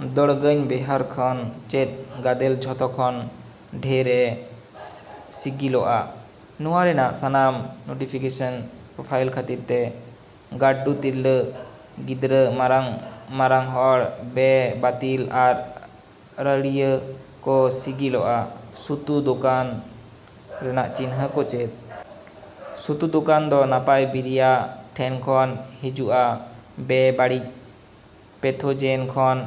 ᱫᱚᱲᱜᱟᱹᱧ ᱵᱮᱣᱦᱟᱨ ᱠᱷᱚᱱ ᱪᱮᱫ ᱜᱟᱫᱮᱞ ᱡᱚᱛᱚ ᱠᱷᱚᱱ ᱰᱷᱮᱨ ᱮ ᱥᱤᱜᱤᱞᱚᱜᱼᱟ? ᱱᱚᱶᱟ ᱨᱮᱭᱟᱜ ᱥᱟᱱᱟᱢ ᱱᱩᱴᱤᱯᱮᱠᱮᱥᱚᱱ ᱯᱚᱨᱯᱷᱟᱭᱤᱞ ᱠᱷᱟᱹᱛᱤᱨ ᱛᱮ ᱜᱟᱹᱨᱰᱩ ᱛᱤᱨᱞᱟᱹ, ᱜᱤᱫᱽᱨᱟᱹ, ᱢᱟᱨᱟᱝ, ᱢᱟᱨᱟᱝ ᱦᱚᱲ, ᱵᱮᱼᱵᱟᱹᱛᱤᱞ ᱟᱨ ᱨᱟᱹᱲᱤᱭᱟᱹ ᱠᱚ ᱥᱤᱜᱤᱞᱚᱜᱼᱟ᱾ ᱥᱩᱛᱚ ᱫᱳᱠᱟᱱ ᱨᱮᱭᱟᱜ ᱪᱤᱱᱦᱟᱹ ᱠᱚ ᱪᱮᱫ? ᱥᱩᱛᱚ ᱫᱳᱠᱟᱱ ᱫᱚ ᱱᱟᱯᱟᱭ ᱵᱤᱨᱤᱭᱟᱹ ᱴᱷᱮᱱ ᱠᱷᱚᱱ ᱦᱮᱡᱚᱜᱼᱟ, ᱵᱮᱼᱵᱟᱲᱤᱪ, ᱯᱮᱛᱷᱳᱡᱮᱱ ᱠᱷᱚᱱ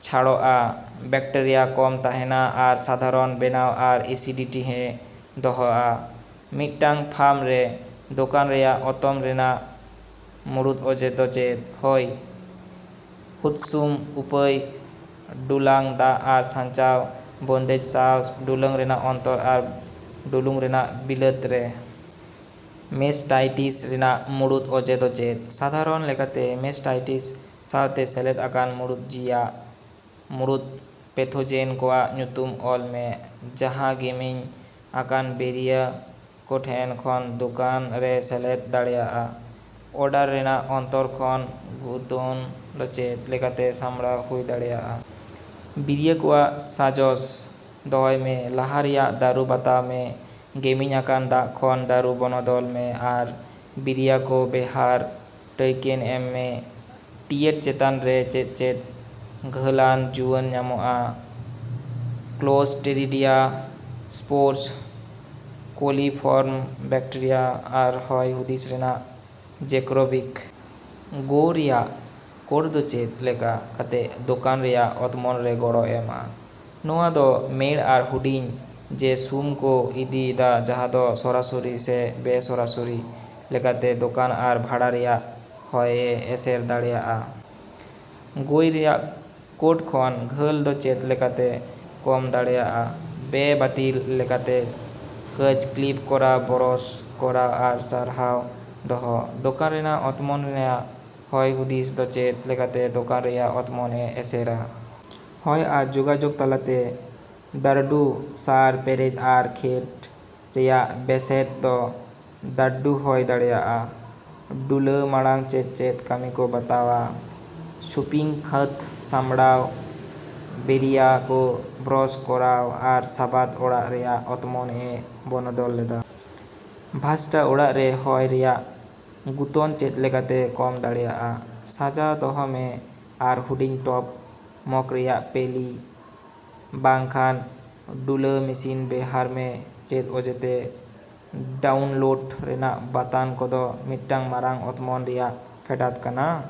ᱪᱷᱟᱹᱲᱚᱜᱼᱟ, ᱵᱮᱠᱴᱮᱨᱤᱭᱟ ᱠᱚᱢ ᱛᱟᱦᱮᱸᱱᱟ, ᱟᱨ ᱥᱟᱫᱷᱟᱨᱚᱱ ᱵᱮᱱᱟᱣ ᱟᱨ ᱮᱥᱤᱰᱤᱴᱤ ᱮ ᱫᱚᱦᱚᱼᱟ᱾ ᱢᱤᱫᱴᱟᱝ ᱯᱷᱟᱢ ᱨᱮ ᱫᱳᱠᱟᱱ ᱨᱮᱭᱟᱜ ᱚᱛᱚᱢ ᱨᱮᱭᱟᱜ ᱢᱩᱲᱩᱫ ᱚᱡᱮ ᱫᱚ ᱪᱮᱫ? ᱦᱚᱭ ᱦᱩᱫᱥᱩᱢ, ᱩᱯᱟᱹᱭ, ᱰᱩᱞᱟᱝ, ᱫᱟᱜ ᱟᱨ ᱥᱟᱧᱪᱟᱣ ᱵᱚᱱᱫᱮᱡ ᱥᱟᱶ ᱰᱩᱞᱟᱝ ᱨᱮᱭᱟᱜ ᱚᱱᱛᱚᱨ ᱟᱨ ᱰᱩᱞᱟᱝ ᱨᱮᱭᱟᱜ ᱵᱤᱞᱟᱹᱛ ᱨᱮ᱾ ᱢᱮᱥᱴᱟᱭᱴᱤᱥ ᱨᱮᱭᱟᱜ ᱢᱩᱲᱩᱫ ᱚᱡᱮ ᱫᱚ ᱪᱮᱫ? ᱥᱟᱫᱷᱟᱨᱚᱱ ᱞᱮᱠᱟᱛᱮ ᱢᱮᱥᱴᱟᱭᱴᱤᱥ ᱥᱟᱶᱛᱮ ᱥᱮᱞᱮᱫ ᱟᱠᱟᱱ ᱢᱩᱲᱩᱫ ᱡᱤᱭᱟᱜ᱾ ᱢᱩᱲᱩᱫ ᱯᱮᱛᱷᱳᱡᱮᱱ ᱠᱚᱣᱟᱜ ᱧᱩᱛᱩᱢ ᱚᱞ ᱢᱮ ᱡᱟᱦᱟᱸ ᱜᱮᱢᱮᱧ ᱟᱠᱟᱱ ᱵᱤᱨᱤᱭᱟᱹ ᱠᱚ ᱴᱷᱮᱱ ᱠᱷᱚᱱ ᱫᱳᱠᱟᱱ ᱨᱮ ᱥᱮᱞᱮᱫ ᱫᱟᱲᱮᱭᱟᱜᱼᱟ᱾ ᱚᱰᱟᱨ ᱨᱮᱭᱟᱜ ᱚᱱᱛᱚᱨ ᱠᱷᱚᱱ ᱜᱩᱛᱚᱱ ᱫᱚ ᱪᱮᱫ ᱞᱮᱠᱟᱛᱮ ᱥᱟᱢᱲᱟᱣ ᱦᱩᱭ ᱫᱟᱲᱮᱭᱟᱜᱼᱟ? ᱵᱤᱨᱤᱭᱟᱹ ᱠᱚᱣᱟᱜ ᱥᱟᱡᱚᱥ ᱫᱚᱦᱚᱭ ᱢᱮ, ᱞᱟᱦᱟ ᱨᱮᱭᱟᱜ ᱫᱟᱹᱨᱩ ᱵᱟᱛᱟᱶ ᱢᱮ, ᱜᱮᱢᱮᱧ ᱟᱠᱟᱱ ᱫᱟᱜ ᱠᱷᱚᱱ ᱫᱟᱹᱨᱩ ᱵᱚᱱᱚᱫᱚᱞ ᱢᱮ ᱟᱨ ᱵᱤᱨᱤᱭᱟᱹ ᱠᱚ ᱵᱮᱶᱦᱟᱨ ᱴᱩᱭᱠᱮᱱ ᱮᱢ ᱢᱮ᱾ ᱴᱤᱭᱮᱴ ᱪᱮᱛᱟᱱ ᱨᱮ ᱪᱮᱫ ᱪᱮᱫ ᱜᱷᱟᱹᱞᱟᱱ ᱡᱩᱭᱟᱹᱱ ᱧᱟᱢᱚᱜᱼᱟ᱾ ᱠᱞᱳᱥᱴᱨᱤᱰᱤᱭᱟ ᱥᱯᱳᱨᱥ, ᱠᱳᱞᱤᱯᱷᱚᱨᱚᱢ ᱵᱮᱠᱴᱮᱨᱤᱭᱟ ᱟᱨ ᱦᱚᱭ ᱦᱩᱫᱤᱥ ᱨᱮᱭᱟᱜ ᱡᱮᱠᱨᱳᱵᱤᱠ᱾ ᱜᱳᱣ ᱨᱮᱭᱟᱜ ᱠᱳᱴ ᱫᱚ ᱪᱮᱫ ᱞᱮᱠᱟ ᱠᱟᱛᱮ ᱫᱳᱠᱟᱱ ᱨᱮᱭᱟᱜ ᱚᱛᱢᱚᱱ ᱨᱮ ᱜᱚᱲᱚ ᱮᱢᱼᱟ? ᱱᱚᱶᱟ ᱫᱚ ᱢᱮᱲ ᱟᱨ ᱦᱩᱰᱤᱧ ᱡᱮᱹᱥᱩᱢ ᱠᱚ ᱤᱫᱤ ᱮᱫᱟ ᱡᱟᱦᱟᱸ ᱫᱚ ᱥᱚᱨᱟᱥᱚᱨᱤ ᱥᱮ ᱵᱮᱼᱥᱚᱨᱟᱥᱟᱹᱨᱤ ᱞᱮᱠᱟᱛᱮ ᱫᱳᱠᱟᱱ ᱟᱨ ᱵᱷᱟᱲᱟ ᱨᱮᱭᱟᱜ ᱦᱚᱭ ᱮ ᱮᱥᱮᱨ ᱫᱟᱲᱮᱹᱭᱟᱜᱼᱟ᱾ ᱜᱳᱭ ᱨᱮᱭᱟᱜ ᱠᱳᱴ ᱠᱷᱚᱱ ᱜᱷᱟᱹᱞ ᱫᱚ ᱪᱮᱫ ᱞᱮᱠᱟᱛᱮ ᱠᱚᱢ ᱫᱟᱲᱮᱭᱟᱜᱼᱟ? ᱵᱮᱼᱵᱟᱹᱛᱤᱞ ᱞᱮᱠᱟᱛᱮ ᱠᱟᱪ ᱠᱞᱤᱯ ᱠᱚᱨᱟᱣ, ᱵᱨᱚᱥ ᱠᱚᱨᱟᱣ ᱟᱨ ᱥᱟᱨᱦᱟᱶ ᱫᱚᱦᱚ᱾ ᱫᱳᱠᱟᱱ ᱨᱮᱭᱟᱜ ᱚᱛᱢᱚᱱ ᱨᱮᱭᱟᱜ ᱦᱚᱭ ᱦᱩᱫᱤᱥ ᱫᱚ ᱪᱮᱫ ᱞᱮᱠᱟᱛᱮ ᱫᱳᱠᱟᱱ ᱨᱮᱭᱟᱜ ᱚᱛᱢᱚᱱ ᱮ ᱮᱥᱮᱨᱼᱟ? ᱦᱚᱭ ᱟᱨ ᱡᱳᱜᱟᱡᱳᱜ ᱛᱟᱞᱟᱛᱮ ᱫᱟᱹᱨᱰᱩ, ᱥᱟᱨ, ᱯᱮᱨᱮᱪ ᱟᱨ ᱠᱷᱮᱹᱰ ᱨᱮᱭᱟᱜ ᱵᱮᱹᱥᱮᱫ ᱫᱚ ᱫᱟᱹᱨᱰᱩ ᱦᱩᱭ ᱫᱟᱲᱮᱭᱟᱜᱼᱟ᱾ ᱰᱩᱞᱟᱹᱣ ᱢᱟᱲᱟᱝ ᱪᱮᱫ ᱪᱮᱫ ᱠᱟᱹᱢᱤ ᱠᱚ ᱵᱟᱛᱟᱣᱟ᱾ ᱥᱩᱯᱤᱝ, ᱠᱷᱟᱹᱫᱽ ᱥᱟᱢᱵᱲᱟᱣ, ᱵᱤᱨᱤᱭᱟᱹ ᱠᱚ ᱵᱨᱚᱥ ᱠᱚᱨᱟᱣ, ᱟᱨ ᱥᱟᱵᱟᱫ ᱚᱲᱟᱜ ᱨᱮᱭᱟᱜ ᱚᱛᱢᱚᱱ ᱮ ᱵᱚᱱᱚᱫᱚᱞ ᱞᱮᱫᱟ᱾ ᱵᱷᱟᱥᱴᱟᱹ ᱚᱲᱟᱜ ᱨᱮ ᱦᱚᱭ ᱨᱮᱭᱟᱜ ᱜᱩᱛᱚᱱ ᱪᱮᱫ ᱞᱮᱠᱟᱛᱮ ᱠᱚᱢ ᱫᱟᱲᱮᱭᱟᱜᱼᱟ? ᱥᱟᱡᱟᱣ ᱫᱚᱦᱚ ᱢᱮ ᱟᱨ ᱦᱩᱰᱤᱧᱼᱴᱚᱯ ᱢᱩᱠ ᱨᱮᱭᱟᱜ ᱯᱮᱞᱤ ᱵᱟᱝ ᱠᱷᱟᱱ ᱰᱩᱞᱟᱹᱣ ᱢᱮᱥᱤᱱ ᱵᱮᱣᱦᱟᱨ ᱢᱮ᱾ ᱪᱮᱫ ᱚᱡᱮᱛᱮ ᱰᱟᱣᱩᱱᱞᱳᱰ ᱨᱮᱭᱟᱜ ᱵᱟᱛᱚᱱ ᱠᱚᱫᱚ ᱢᱤᱫᱴᱟᱝ ᱢᱟᱨᱟᱝ ᱚᱛᱢᱚᱱ ᱨᱮᱭᱟᱜ ᱯᱷᱮᱰᱟᱛ ᱠᱟᱱᱟ?